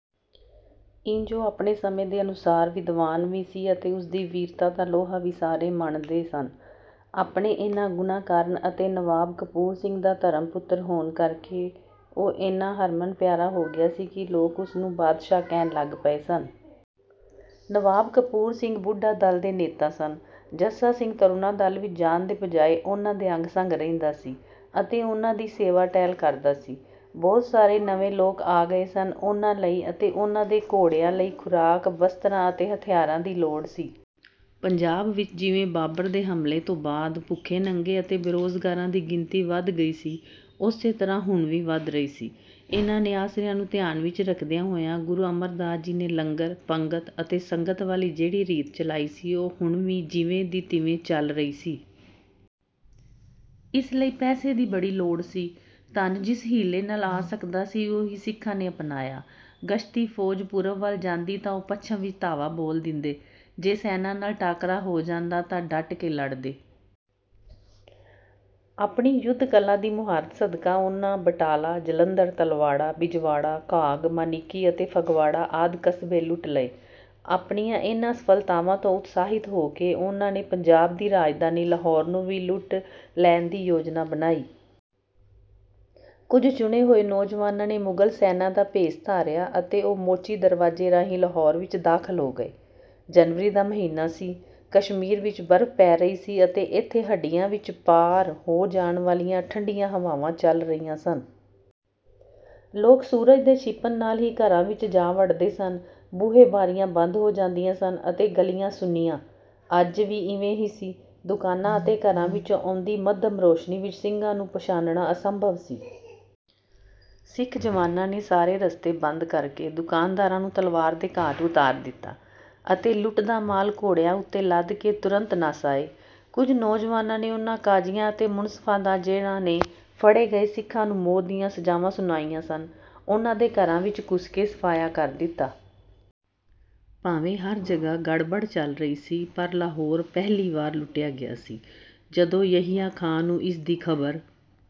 ਇੰਜ ਉਹ ਆਪਣੇ ਸਮੇਂ ਦੇ ਅਨੁਸਾਰ ਵਿਦਵਾਨ ਵੀ ਸੀ ਅਤੇ ਉਸਦੀ ਵੀਰਤਾ ਦਾ ਲੋਹਾ ਵੀ ਸਾਰੇ ਮੰਨਦੇ ਸਨ। ਆਪਣੇ ਇਹਨਾਂ ਗੁਣਾਂ ਕਾਰਨ ਅਤੇ ਨਵਾਬ ਕਪੂਰ ਸਿੰਘ ਦਾ ਧਰਮ-ਪੁੱਤਰ ਹੋਣ ਕਰਕੇ ਉਹ ਇੰਨਾ ਹਰਮਨ-ਪਿਆਰਾ ਹੋ ਗਿਆ ਸੀ ਕਿ ਲੋਕ ਉਸਨੂੰ 'ਬਾਦਸ਼ਾਹ' ਕਹਿਣ ਲੱਗ ਪਏ ਸਨ। ਨਵਾਬ ਕਪੂਰ ਸਿੰਘ ਬੁੱਢਾ-ਦਲ ਦੇ ਨੇਤਾ ਸਨ। ਜੱਸਾ ਸਿੰਘ ਤਰੁਣਾ-ਦਲ ਵਿੱਚ ਜਾਣ ਦੇ ਬਜਾਏ ਉਹਨਾਂ ਦੇ ਅੰਗ-ਸੰਗ ਰਹਿੰਦਾ ਸੀ ਅਤੇ ਉਹਨਾਂ ਦੀ ਸੇਵਾ-ਟਹਿਲ ਕਰਦਾ ਸੀ। ਬਹੁਤ ਸਾਰੇ ਨਵੇਂ ਲੋਕ ਆ ਗਏ ਸਨ। ਉਹਨਾਂ ਲਈ ਅਤੇ ਉਹਨਾਂ ਦੇ ਘੋੜਿਆਂ ਲਈ ਖੁਰਾਕ, ਬਸਤਰਾਂ ਅਤੇ ਹਥਿਆਰਾਂ ਦੀ ਲੋੜ ਸੀ। ਪੰਜਾਬ ਵਿੱਚ ਜਿਵੇਂ ਬਾਬਰ ਦੇ ਹਮਲੇ ਤੋਂ ਬਾਅਦ ਭੁੱਖੇ-ਨੰਗੇ ਅਤੇ ਬੇਰੁਜ਼ਗਾਰਾਂ ਦੀ ਗਿਣਤੀ ਵਧ ਗਈ ਸੀ ਉਸੇ ਤਰ੍ਹਾਂ ਹੁਣ ਵੀ ਵਧ ਰਹੀ ਸੀ। ਇਹਨਾਂ ਨਿਆਸਰਿਆਂ ਨੂੰ ਧਿਆਨ ਵਿੱਚ ਰੱਖਦਿਆਂ ਹੋਇਆਂ ਗੁਰੂ ਅਮਰਦਾਸ ਜੀ ਨੇ ਲੰਗਰ, ਪੰਗਤ ਅਤੇ ਸੰਗਤ ਵਾਲੀ ਜਿਹੜੀ ਰੀਤ ਚਲਾਈ ਸੀ ਉਹ ਹੁਣ ਵੀ ਜਿਵੇਂ ਦੀ ਤਿਵੇਂ ਚੱਲ ਰਹੀ ਸੀ। ਇਸ ਲਈ ਪੈਸੇ ਦੀ ਬੜੀ ਲੋੜ ਸੀ। ਧਨ ਜਿਸ ਹੀਲੇ ਨਾਲ ਆ ਸਕਦਾ ਸੀ ਉਹੀ ਸਿੱਖਾਂ ਨੇ ਅਪਣਾਇਆ। ਗਸ਼ਤੀ ਫੌਜ ਪੂਰਬ ਵੱਲ ਜਾਂਦੀ ਤਾਂ ਉਹ ਪੱਛਮ ਵਿੱਚ ਧਾਵਾ ਬੋਲ ਦਿੰਦੇ। ਜੇ ਸੈਨਾਂ ਨਾਲ ਟਾਕਰਾ ਹੋ ਜਾਂਦਾ ਤਾਂ ਡਟ ਕੇ ਲੜਦੇ। ਆਪਣੀ ਯੁੱਧ-ਕਲਾ ਦੀ ਮੁਹਾਰਤ ਸਦਕਾ ਉਹਨਾਂ ਬਟਾਲਾ, ਜਲੰਧਰ, ਤਲਵਾੜਾ, ਬਿਜਵਾੜਾ, ਘਾਗ, ਮਾਨਿਕੀ ਅਤੇ ਫਗਵਾੜਾ ਆਦਿ ਕਸਬੇ ਲੁੱਟ ਲਏ। ਆਪਣੀਆਂ ਇਹਨਾਂ ਸਫਲਤਾਵਾਂ ਤੋਂ ਉਤਸਾਹਿਤ ਹੋ ਕੇ ਉਹਨਾਂ ਨੇ ਪੰਜਾਬ ਦੀ ਰਾਜਧਾਨੀ ਲਾਹੌਰ ਨੂੰ ਵੀ ਲੁੱਟ ਲੈਣ ਦੀ ਯੋਜਨਾ ਬਣਾਈ। ਕੁਝ ਚੁਣੇ ਹੋਏ ਨੌਜਵਾਨਾਂ ਨੇ ਮੁਗਲ ਸੈਨਾਂ ਦਾ ਭੇਸ ਧਾਰਿਆ ਅਤੇ ਉਹ ਮੋਚੀ ਦਰਵਾਜ਼ੇ ਰਾਹੀਂ ਲਾਹੌਰ ਵਿੱਚ ਦਾਖਲ ਹੋ ਗਏ। ਜਨਵਰੀ ਦਾ ਮਹੀਨਾ ਸੀ। ਕਸ਼ਮੀਰ ਵਿੱਚ ਬਰਫ ਪੈ ਰਹੀ ਸੀ ਅਤੇ ਇੱਥੇ ਹੱਡੀਆਂ ਵਿੱਚ ਪਾਰ ਹੋ ਜਾਣ ਵਾਲੀਆਂ ਠੰਡੀਆਂ ਹਵਾਵਾਂ ਚੱਲ ਰਹੀਆਂ ਸਨ। ਲੋਕ ਸੂਰਜ ਦੇ ਛਿਪਣ ਨਾਲ ਹੀ ਘਰਾਂ ਵਿੱਚ ਜਾ ਵੜਦੇ ਸਨ। ਬੂਹੇ-ਬਾਰੀਆਂ ਬੰਦ ਹੋ ਜਾਂਦੀਆਂ ਸਨ ਅਤੇ ਗਲੀਆਂ ਸੁੰਨੀਆਂ। ਅੱਜ ਵੀ ਇਵੇਂ ਹੀ ਸੀ। ਦੁਕਾਨਾਂ ਅਤੇ ਘਰਾਂ ਵਿੱਚੋਂ ਆਉਂਦੀ ਮੱਧਮ ਰੌਸ਼ਨੀ ਵਿੱਚ ਸਿੰਘਾਂ ਨੂੰ ਪਛਾਣਨਾ ਅਸੰਭਵ ਸੀ। ਸਿੱਖ ਜਵਾਨਾਂ ਨੇ ਸਾਰੇ ਰਸਤੇ ਬੰਦ ਕਰਕੇ ਦੁਕਾਨਦਾਰਾਂ ਨੂੰ ਤਲਵਾਰ ਦੇ ਘਾਟ ਉਤਾਰ ਦਿੱਤਾ ਅਤੇ ਲੁੱਟ ਦਾ ਮਾਲ ਘੋੜਿਆਂ ਉੱਤੇ ਲੱਦ ਕੇ ਤੁਰੰਤ ਨੱਸ ਆਏ। ਕੁਝ ਨੌਜਵਾਨਾਂ ਨੇ ਉਹਨਾਂ ਕਾਜੀਆਂ ਅਤੇ ਮੁਨਸਫਾਂ ਦਾ ਜਿਹਨਾਂ ਨੇ ਫੜੇ ਗਏ ਸਿੱਖਾਂ ਨੂੰ ਮੌਤ ਦੀਆਂ ਸਜ਼ਾਵਾਂ ਸੁਣਾਈਆਂ ਸਨ ਉਹਨਾਂ ਦੇ ਘਰਾਂ ਵਿੱਚ ਘੁਸ ਕੇ ਸਫਾਇਆ ਕਰ ਦਿੱਤਾ। ਭਾਵੇਂ ਹਰ ਜਗ੍ਹਾ ਗੜਬੜ ਚੱਲ ਰਹੀ ਸੀ ਪਰ ਲਾਹੌਰ ਪਹਿਲੀ ਵਾਰ ਲੁੱਟਿਆ ਗਿਆ ਸੀ। ਜਦੋਂ ਯਹੀਆ ਖਾਂ ਨੂੰ ਇਸ ਦੀ ਖ਼ਬਰ